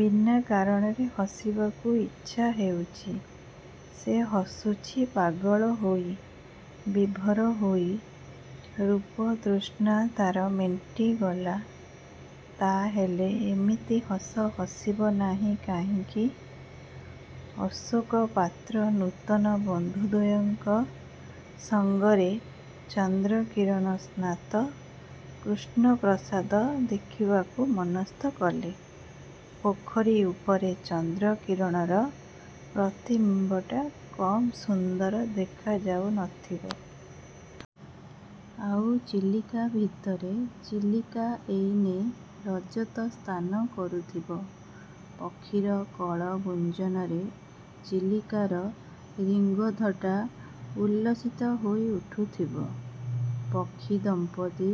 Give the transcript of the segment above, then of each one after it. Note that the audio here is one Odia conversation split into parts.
ବିନା କାରଣରେ ହସିବାକୁ ଇଚ୍ଛା ହେଉଛି। ସେ ହସୁଛି ପାଗଳ ହୋଇ, ବିଭୋର ହୋଇ। ରୂପତୃଷ୍ଣା ତାର ମେଣ୍ଟିଗଲା। ତାହାହେଲେ ଏମିତି ହସ ହସିବ ନାହିଁ କାହିଁକି? ଅଶୋକ ପାତ୍ର ନୂତନ ବନ୍ଧୁଦ୍ୱୟଙ୍କ। ସଙ୍ଗରେ ଚନ୍ଦ୍ର କିରଣ ସ୍ନାତ କୃଷ୍ଣପ୍ରସାଦ ଦେଖିବାକୁ ମନସ୍ଥ କଲେ। ପୋଖରୀ ଉପରେ ଚନ୍ଦ୍ର କିରଣର ପ୍ରତିବିମ୍ୱଟା କମ୍ ସୁନ୍ଦର ଦେଖା ଯାଉ ନଥିବ! ଆଉ ଚିଲିକା ଭିତରେ? ଚିଲିକା ଏଇନେ ରଜତ–ସ୍ନାନ କରୁଥିବ। ପକ୍ଷୀର କଳଗୁଞ୍ଜନରେ ଚିଲିକାର ରିଙ୍ଗ୍ବନ୍ଧଟା ଉଲ୍ଲସିତ ହୋଇ ଉଠିଥିବ। ପକ୍ଷୀ ଦମ୍ପତି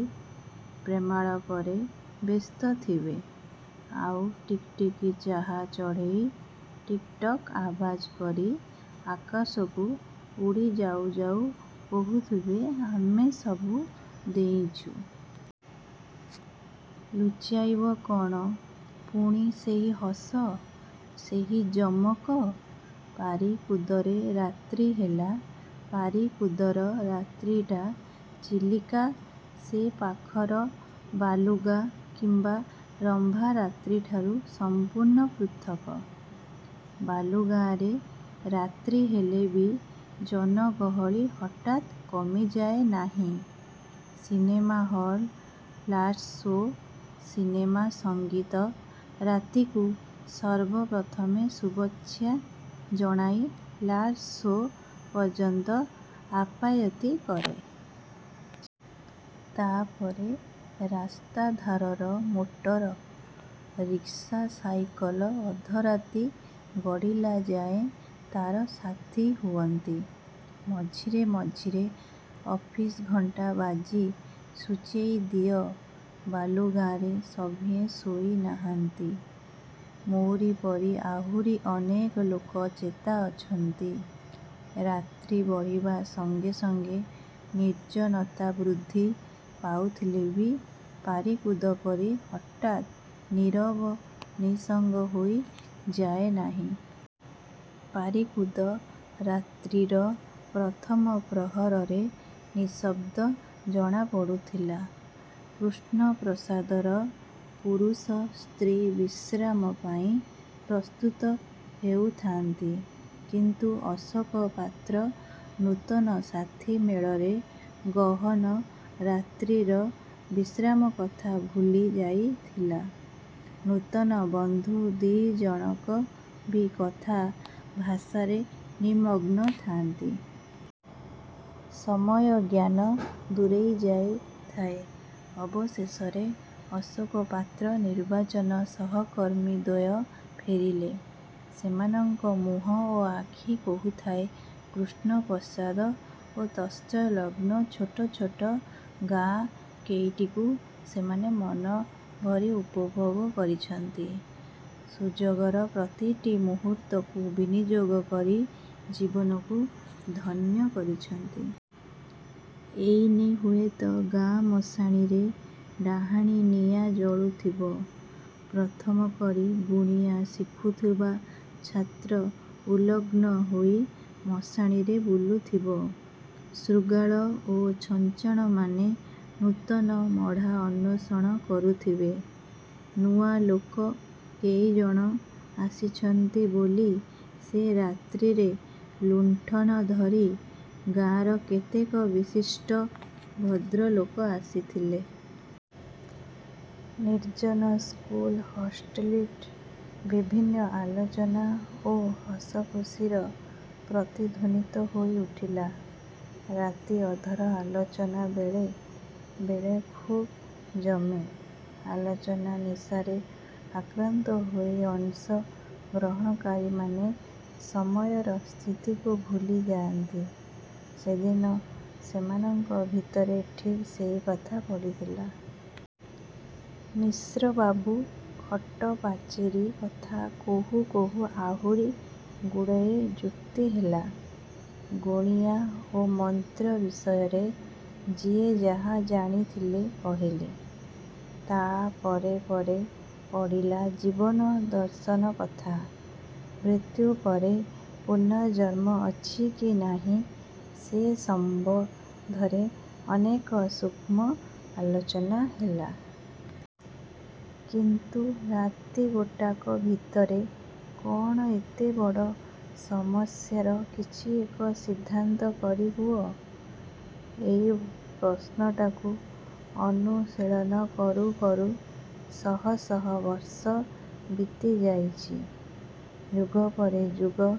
ପ୍ରେମାଳାପରେ ବ୍ୟସ୍ତ ଥିବେ। ଆଉ ଟିକି ଟିକି ଚାହା ଚଢ଼େଇ ଟିକ୍ଟିକ୍ ଆବାଜ କରି ଆକାଶକୁ ଉଡ଼ି ଯାଉ ଯାଉ କହୁଥିବ ଆମେ ସବୁ ଦେଇଛୁଁ। ଲୁଚାଇବ କଣ? '' ପୁଣି ସେହି ହସ, ସେହି ଜମକ। ପାରିକୁଦରେ ରାତ୍ରି ହେଲା। ପାରିକୁଦର ରାତ୍ରିଟା ଚିଲିକା ସେ ପାଖର ବାଲୁଗାଁ କିମ୍ୱା ରମ୍ଭାରାତ୍ରିଠାରୁ ସମ୍ପୂର୍ଣ୍ଣ ପୃଥକ୍-। ବାଲୁଗାଁରେ ରାତ୍ରି ହେଲେ ବି ଜନଗହଳି ହଠାତ୍ କମିଯାଏ ନାହିଁ। ସିନେମା ହଲ୍ର ଫାଷ୍ଟ୍ ସୋ' ସିନେମା ସଙ୍ଗୀତ, ରାତିକୁ ସର୍ବପ୍ରଥମ ଶୁଭେଚ୍ଛା ଜଣାଇ 'ଲାଷ୍ଟ୍ ସୋ' ପର୍ଯ୍ୟନ୍ତ ଆପ୍ୟାୟିତ କରେ। ତା'ପରେ ରାସ୍ତାଧାରର ମୋଟର, ରିକ୍ସା, ସାଇକଲ ଅଧରାତି ଗଡ଼ିଲା ଯାଏ ତାର ସାଥି ହୁଅନ୍ତି। ମଝିରେ ମଝିରେ ଅଫିସ୍ ଘଣ୍ଟା ବାଜି ସୂଚେଇ ଦିଏ, ''ବାଲୁଗାଁର ସଭିଏଁ ଶୋଇ ନାହାନ୍ତି। ମୋରି ପରି ଆହୁରି ଅନେକ ଲୋକ ଚେତା ଅଛନ୍ତି। '' ରାତ୍ରି ବଢ଼ିବା ସଙ୍ଗେ ସଙ୍ଗେ ନିର୍ଜନତା ବୃଦ୍ଧି ପାଉଥିଲେ ବି ପାରିକୁଦ ପରି ହଠାତ୍ ନୀରବ, ନିଃସଙ୍ଗ ହୋଇ ଯାଏନାହିଁ। ପାରିକୁଦ, ରାତ୍ରିର ପ୍ରଥମ ପ୍ରହରରେ ନିଶବ୍ଦ ଜଣା ପଡ଼ୁଥିଲା। କୃଷ୍ଣପ୍ରସାଦର ପୁରୁଷ ସ୍ତ୍ରୀ ବିଶ୍ରାମ ପାଇଁ ପ୍ରସ୍ତୁତ ହେଉଥାନ୍ତି। କିନ୍ତୁ ଅଶୋକ ପାତ୍ର ନୂତନ ସାଥି ମେଳରେ ଗହନ ରାତ୍ରିର ବିଶ୍ରାମ କଥା ଭୁଲି ଯାଇଥିଲା। ନୂତନ ବନ୍ଧୁ ଦି'ଜଣକ ବି କଥା ଭାଷାରେ ନିମଗ୍ନ ଥାନ୍ତି। ସମୟଜ୍ଞାନ ଦୂରେଇ ଯାଇଥାଏ। ଅବଶେଷରେ ଅଶୋକ ପାତ୍ର ନିର୍ବାଚନ ସହକର୍ମୀ ଦ୍ୱୟ ଫେରିଲେ। ସେମାନଙ୍କ ମୁହଁ ଓ ଆଖି କହୁଥାଏ କୃଷ୍ଣପ୍ରସାଦ ଓ ତତ୍ସଂଲଗ୍ନ ଛୋଟ ଛୋଟ ଗାଁ କେଇଟିକୁ ସେମାନେ ମନଭରି ଉପଭୋଗ କରିଛନ୍ତି। ସୁଯୋଗର ପ୍ରତିଟି ମୁହୂର୍ତ୍ତକୁ ବିନିଯୋଗ କରି ଜୀବନକୁ ଧନ୍ୟ କରିଛନ୍ତି। ଏଇନେ ହୁଏତ ଗାଁ ମଶାଣିରେ ଡାହାଣୀ ନିଆଁ ଜଳୁଥିବ। ପ୍ରଥମ କରି ଗୁଣିଆ ଶିଖୁଥିବା ଛାତ୍ର ଉଲଗ୍ନ ହୋଇ ମଶାଣୀରେ ବୁଲୁଥିବ। ଶୃଗାଳ ଓ ଛଞ୍ଚାଣମାନେ ନୂତନ ମଢ଼ା ଅନ୍ୱେଷଣ କରୁଥିବେ। ନୂଆ ଲୋକ କେଇଜଣ ଆସିଛନ୍ତି ବୋଲି ସେ ରାତ୍ରିରେ ଲୁଣ୍ଠନ ଧରି ଗାଁର କେତକ ବିଶିଷ୍ଟ ଭଦ୍ରଲୋକ ଆସିଥିଲେ। ନିର୍ଜନ ସ୍କୁଲ ହୋଷ୍ଟେଲ୍ଟି ବିଭିନ୍ନ ଆଲୋଚନା ଓ ହସ ଖୁସିରେ ପ୍ରତଧ୍ୱନିତ ହୋଇ ଉଠିଲା। ରାତି ଅଧର ଆଲୋଚନା ବେଳେ ବେଳେ ଖୁବ୍ ଜମେ। ଆଲୋଚନା ନିଶାରେ ଆକ୍ରାନ୍ତ ହୋଇ ଅଂଶ ଗ୍ରହଣକାରୀମାନେ ସମୟର ସ୍ଥିତିକୁ ଭୁଲି ଯାଆନ୍ତି। ସେଦିନ ସେମାନଙ୍କ ଭିତରେ ଠିକ ସେଇକଥା ପଡ଼ିଥିଲା। ମିଶ୍ରବାବୁ 'ଖଟ-ପାଚେରୀ' କଥା କହୁ କହୁ ଆହୁରି ଗୁଡ଼ିଏ ଯୁକ୍ତି ହେଲା। ଗୁଣିଆ ଓ ମନ୍ତ୍ର ବିଷୟରେ ଯିଏ ଯାହା ଜାଣିଥିଲେ କହିଲେ। ତା'ପରେ ପରେ ପଡ଼ିଲା ଜୀବନ ଦର୍ଶନ କଥା। ମୃତ୍ୟୁପରେ ପୁନର୍ଜନ୍ମ ଅଛି କି ନାହିଁ ସେ ସମ୍ୱନ୍ଧରେ ଅନେକ ସୂକ୍ଷ୍ମ ଆଲୋଚନା ହେଲା। କିନ୍ତୁ ରାତି ଗୋଟାକ ଭିତରେ କଣ ଏତେ ବଡ଼ ସମସ୍ୟାର କିଛି ଏକ ସିଦ୍ଧାନ୍ତ କରିହୁଏ? ଏଇ ପ୍ରଶ୍ନଟାକୁ ଅନୁଶୀଳନ କରୁ କରୁ ଶହ ଶହ ବର୍ଷ ବିତିଯାଇଛି। ଯୁଗ ପରେ ଯୁଗ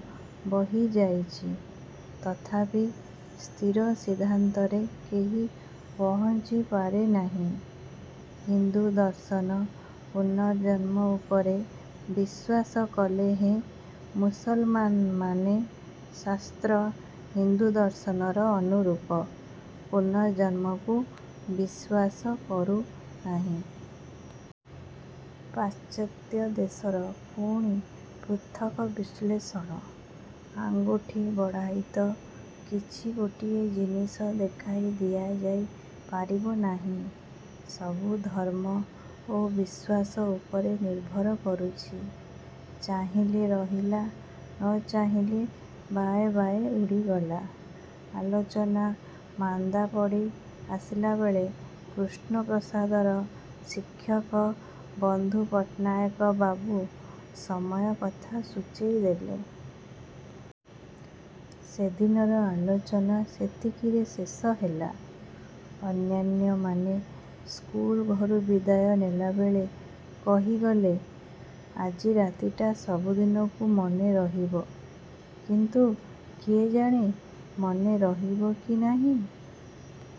ବହି ଯାଇଛି। ତଥାପି ସ୍ଥିର ସିଦ୍ଧାନ୍ତରେ କେହି ପହୁଞ୍ଚି ପାରିନାହିଁ। ହିନ୍ଦୁ ଦର୍ଶନ ପୁନର୍ଜନ୍ମ ଉପରେ ବିଶ୍ୱାସ କଲେହେଁ, ମୁସଲମାନେ ଶାସ୍ତ୍ର ହିନ୍ଦୁଦର୍ଶନର ଅନୁରୂପ ପୁନର୍ଜନ୍ମକୁ ବିଶ୍ୱାସ କରୁନାହିଁ। ପାଶ୍ଚାତ୍ୟ ଦେଶର ପୁଣି ପୃଥକ୍ ବିଶ୍ଳେଷଣ। ଆଙ୍ଗୁଠି ବଢ଼ାଇତ କିଛି ଗୋଟିଏ ଜିନିଷ ଦେଖାଇ ଦିଆଯାଇ ପାରିବ ନାହିଁ! ସବୁ ଧର୍ମ ଓ ବିଶ୍ୱାସ ଉପରେ ନିର୍ଭର କରୁଛି। ଚାହିଁଲେ ରହିଲା, ନ ଚାହିଁଲେ ବାଏଁ ବାଏଁ ଉଡ଼ିଗଲା। ଆଲୋଚନା ମାନ୍ଦା ପଡ଼ି ଆସିଲା ବେଳେ କୃଷ୍ଣପ୍ରାସାଦର ଶିକ୍ଷକ-ବନ୍ଧୁ ପଟ୍ଟନାୟକ ବାବୁ ସମୟ କଥା ସୂଚେଇ ଦେଲେ। ସେଦିନର ଆଲୋଚନା ସେତିକିରେ ଶେଷ ହେଲା। ଅନ୍ୟାନ୍ୟମାନେ ସ୍କୁଲ ଘରୁ ବିଦାୟ ନେଲାବେଳେ କହିଗଲେ, 'ଆଜି ରାତିଟା ସବୁଦିନକୁ ମନେ ରହିବ। ' କିନ୍ତୁ କିଏ ଜାଣେ ମନେ ରହିବ କି ନାହିଁ?